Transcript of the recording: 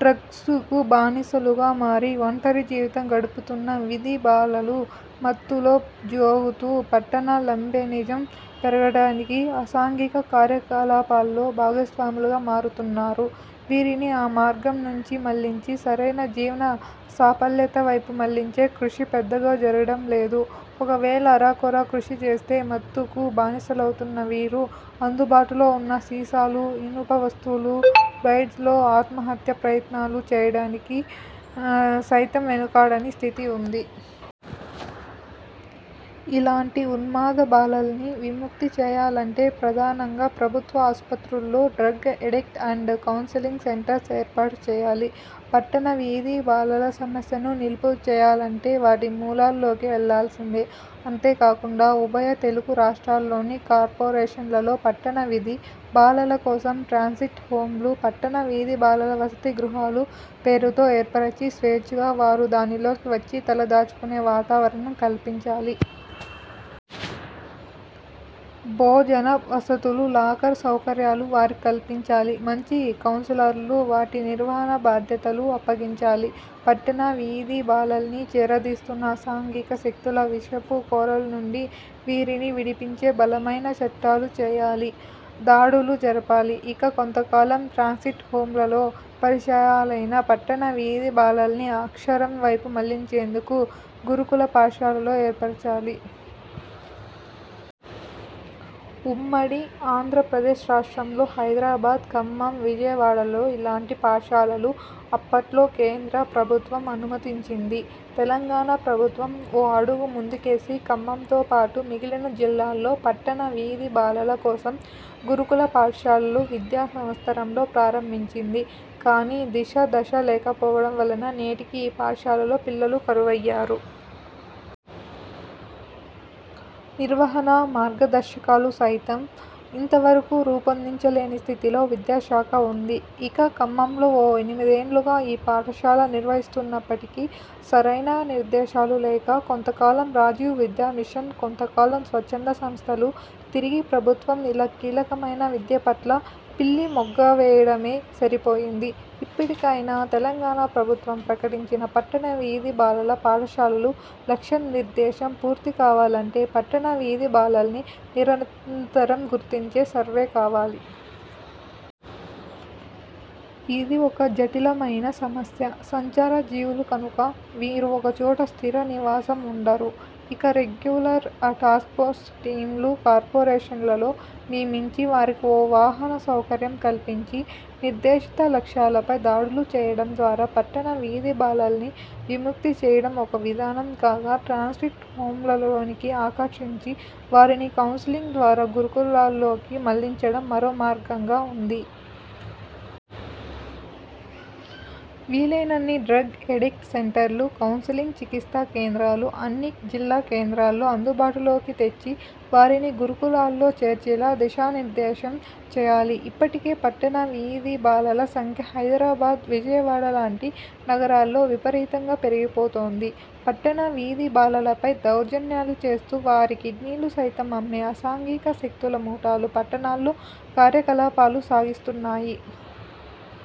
'డ్రగ్స్'కు బానిసలుగా మారి ఒంటరి జీవితం గడుపుతున్న వీధి బాలలు మత్తులో జోగుతూ పట్టణ లంపెనిజం పెరగడానికి, అసాంఘిక కార్యకలాపాల్లో భాగస్వాములుగా మారుతున్నారు. వీరిని ఆ మార్గం నుంచి మళ్లించి సరైన జీవన సాఫల్యత వైపు మళ్లించే కృషి పెద్దగా జరగడం లేదు. ఒకవేళ అరకొర కృషి చేస్తే మత్తుకు బానిసలౌతున్న వీరు అందుబాటులో ఉన్న సీసాలు, ఇనుప వస్తువులు, బ్లేడ్స్తో ఆత్మహత్య ప్రయత్నాలు చేయడానికి సైతం వెనుకాడని స్థితి ఉంది. ఇలాంటి ఉన్మాద బాలల్ని విముక్తి చేయాలంటే ప్రధానంగా ప్రభుత్వ ఆసుపత్రుల్లో drug addict and counselling centres ఏర్పాటు చేయాలి. పట్టణ వీధి బాలల సమస్యను నిలుపుచేయాలంటే వాటి మూలాల్లోకి వెళ్ళాల్సిందే. అంతేకాకుండా ఉభయ తెలుగు రాష్ట్రాల్లోని కార్పొరేషన్లలో పట్టణ వీధి బాలల కోసం 'ట్రాన్సిట్ హోం'లు, పట్టణ వీధి బాలల వసతి గృహాలు పేరుతో ఏర్పరచి స్వేచ్ఛగా వారు దానిలోకి వచ్చి తలదాచుకునే వాతావరణం కల్పించాలి. భోజన వసతులు, లాకర్ సౌకర్యాలు వారికి కల్పించాలి. మంచి కౌన్సిలర్స్కు వాటి నిర్వహణా బాధ్యతలు అప్పగించాలి. పట్టణ వీధి బాలల్ని చేరదీస్తున్న అసాంఘిక శక్తుల విషపు కోరల్నుండి వీరిని విడిపించే బలమైన చట్టాలు చేయాలి. దాడులు జరపాలి. ఇక కొంతకాలం 'ట్రాన్సిట్ హోం'లలో పరిచయాలైన పట్టణ వీధి బాలల్ని అక్షరం వైపు మళ్లించేందుకు గురుకుల పాఠశాలలు ఏర్పరచాలి. ఉమ్మడి ఆంధ్రప్రదేశ్ రాష్ట్రంలో హైదరాబాద్, ఖమ్మం, విజయవాడలలో ఇలాంటి పాఠశాలలు అప్పట్లో కేంద్ర ప్రభుత్వం అనుమతించింది. తెలంగాణ ప్రభుత్వం ఓ అడుగు ముందుకేసి ఖమ్మంతో పాటు మిగిలిన జిల్లాల్లో పట్టణ వీధి బాలల కోసం గురుకుల పాఠశాలలు విద్యా సంవత్సరంలో ప్రారంభించింది. కానీ దిశ, దశ లేకపోవడం వలన నేటికీ ఈ పాఠశాలల్లో పిల్లలు కరువయ్యారు. నిర్వహణా మార్గదర్శకాలు సైతం ఇంతవరకు రూపొందించలేని స్థితిలో విద్యాశాఖ ఉంది. ఇక ఖమ్మంలో ఓ ఎనిమిదేండ్లుగా ఈ పాఠశాల నిర్వహిస్తున్నప్పటికీ సరైన నిర్దేశాలు లేక కొంతకాలం రాజీవ్ విద్యామిషన్, కొంతకాలం స్వచ్ఛంద సంస్థలు, తిరిగి ప్రభుత్వం ఇలా కీలకమైన విద్యపట్ల పిల్లిమొగ్గవేయడమే సరిపోయింది. ఇప్పటికైనా తెలంగాణ ప్రభుత్వం ప్రకటించిన పట్టణ వీధి బాలల పాఠశాలలు లక్ష్య నిర్దేశం పూర్తి కావాలంటే పట్టణ వీధి బాలల్ని నిరంతరం గుర్తించే సర్వేకావాలి. ఇది ఒక జటిలమైన సమస్య. సంచారజీవులు కనుక వీరు ఒకచోట స్థిర నివాసం ఉండరు. ఇక రెగ్యులర్ టాస్క్ఫోర్స్ టీంలు కార్పొరేషన్లలో నియమించి వారికి ఓ వాహన సౌకర్యం కల్పించి నిర్దేశిత లక్ష్యాలపై దాడులు చేయడం ద్వారా పట్టణ వీధి బాలల్ని విముక్తి చేయడం ఒక విధానం కాగా ట్రాన్సిట్ హోంలలోనికి ఆకర్షించి వారిని కౌన్సిలింగ్ ద్వారా గురుకులాల్లోకి మళ్లించడం మరో మార్గంగా ఉంది. వీలైనన్ని డ్రగ్ ఎడిక్ట్ సెంటర్లు, కౌన్సిలింగ్ చికిత్సా కేంద్రాలు అన్ని జిల్లా కేంద్రాల్లో అందుబాటులోకి తెచ్చి వారిని గురుకులాల్లో చేర్చేలా దిశానిర్దేశం చేయాలి. ఇప్పటికే పట్టణ వీధి బాలల సంఖ్య హైదరాబాద్, విజయవాడ లాంటి నగరాల్లో విపరీతంగా పెరిగిపోతోంది. పట్టణ వీధి బాలలపై దౌర్జన్యాలు చేస్తూ వారి కిడ్నీలు సైతం అమ్మే అసాంఘిక శక్తుల ముఠాలు పట్టణాల్లో కార్యకలాపాలు సాగిస్తున్నాయి.